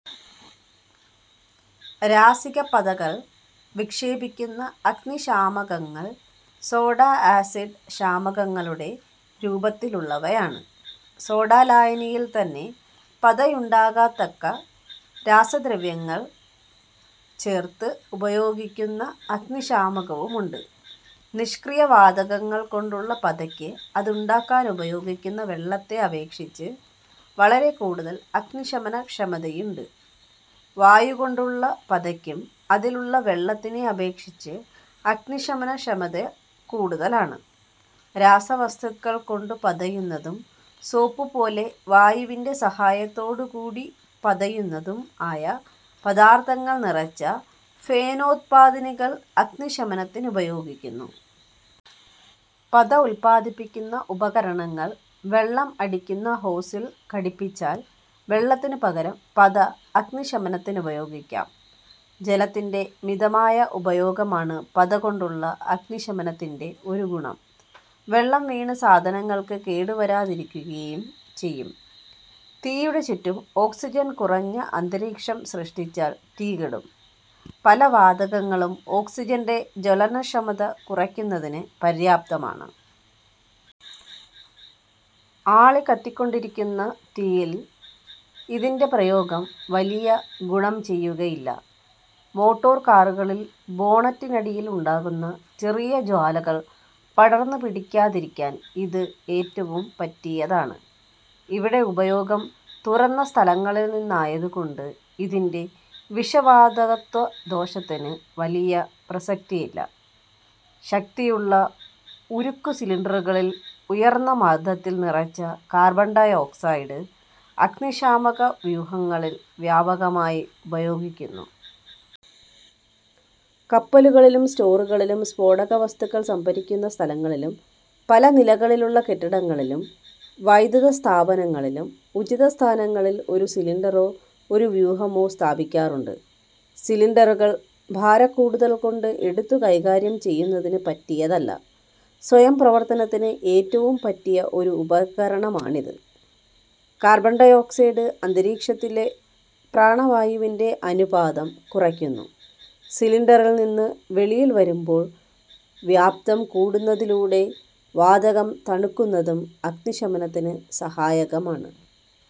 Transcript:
രാസികപ്പതകൾ വിക്ഷേപിക്കുന്ന അഗ്നിശാമകങ്ങൾ soda-acid ശാമകങ്ങളുടെ രൂപത്തിലുള്ളവയാണ്. സോഡാലായനിയിൽ തന്നെ പതയുണ്ടാകത്തക്ക രാസദ്രവ്യങ്ങൾ ചേർത്ത് ഉപയോഗിക്കുന്ന അഗ്നിശാമകവുമുണ്ട്. നിഷ്ക്രിയവാതകങ്ങൾകൊണ്ടുള്ള പതയ്ക്ക് അതുണ്ടാക്കാനുപയോഗിക്കുന്ന വെള്ളത്തെ അപേക്ഷിച്ച് വളരെക്കൂടുതൽ അഗ്നിശമനക്ഷമതയുണ്ട്. വായുകൊണ്ടുള്ള പതയ്ക്കും അതിലുള്ള വെള്ളത്തിനെ അപേക്ഷിച്ച് അഗ്നിശമനക്ഷമത കൂടുതലാണ്. രാസവസ്തുക്കൾക്കൊണ്ടു പതയുന്നതും സോപ്പുപോലെ വായുവിന്റെ സഹായത്തോടുകൂടി പതയുന്നതും ആയ പദാർഥങ്ങൾ നിറച്ച 'ഫേനോത്പാദിനികൾ' അഗ്നിശമനത്തിനുപയോഗിക്കുന്നു. പത ഉത്പാദിപ്പിക്കുന്ന ഉപകരണങ്ങൾ വെള്ളം അടിക്കുന്ന ഹോസിൽ ഘടിപ്പിച്ചാൽ വെള്ളത്തിനുപകരം പത അഗ്നിശമനത്തിനുപയോഗിക്കാം. ജലത്തിന്റെ മിതമായ ഉപയോഗമാണ് പതകൊണ്ടുള്ള അഗ്നിശമനത്തിന്റെ ഒരു ഗുണം; വെള്ളം വീണ് സാധനങ്ങൾക്ക് കേടുവരാതിരിക്കുകയും ചെയ്യും. തീയുടെ ചുറ്റും ഓക്സിജൻ കുറഞ്ഞ അന്തരീക്ഷം സൃഷ്ടിച്ചാൽ തീ കെടും. പല വാതകങ്ങളും ഓക്സിജന്റെ ജ്വലനക്ഷമത കുറയ്ക്കുന്നതിന് പര്യാപ്തമാണ്. ആളിക്കത്തിക്കൊണ്ടിരിക്കുന്ന തീയിൽ ഇതിന്റെ പ്രയോഗം വലിയ ഗുണം ചെയ്യുകയില്ല. മോട്ടോർ കാറുകളിൽ ബോണറ്റിനടിയിൽ ഉണ്ടാകുന്ന ചെറിയ ജ്വാലകൾ പടർന്നുപിടിക്കാതിരിക്കാൻ ഇത് ഏറ്റവും പറ്റിയതാണ്. ഇവിടെ ഉപയോഗം തുറന്ന സ്ഥലങ്ങളിൽനിന്നായതുകൊണ്ട് ഇതിന്റെ വിഷവാതകത്വദോഷത്തിന് വലിയ പ്രസക്തിയില്ല. ശക്തിയുള്ള ഉരുക്കുസിലിണ്ടറുകളിൽ ഉയർന്ന സമ്മർദത്തിൽ നിറച്ച കാർബൺഡൈഓക്സൈഡ് അഗ്നിശാമകവ്യൂഹങ്ങളിൽ വ്യാപകമായി ഉപയോഗിക്കുന്നു. കപ്പലുകളിലും സ്റ്റോറുകളിലും സ്ഫോടകവസ്തുക്കൾ സംഭരിക്കുന്ന സ്ഥലങ്ങളിലും, പല നിലകളിലുള്ള കെട്ടിടങ്ങളിലും, വൈദ്യുതസ്ഥാപനങ്ങളിലും ഉചിതസ്ഥാനങ്ങളിൽ ഒരു സിലിണ്ടറോ, ഒരു വ്യൂഹമോ സ്ഥാപിക്കാറുണ്ട്. സിലിണ്ടറുകൾ ഭാരക്കൂടുതൽകൊണ്ട് എടുത്തു കൈകാര്യം ചെയ്യുന്നതിന് പറ്റിയതല്ല. സ്വയം പ്രവർത്തനത്തിന് ഏറ്റവും പറ്റിയ ഒരു ഉപകരണമാണിത്. കാർബൺഡൈഓക്സൈഡ് അന്തരീക്ഷത്തിലെ പ്രാണവായുവിന്റെ അനുപാതം കുറയ്ക്കുന്നു. സിലിണ്ടറിൽനിന്ന് വെളിയിൽ വരുമ്പോൾ വ്യാപ്തം കൂടുന്നതിലൂടെ വാതകം തണുക്കുന്നതും അഗ്നിശമനത്തിനു സഹായകമാണ്.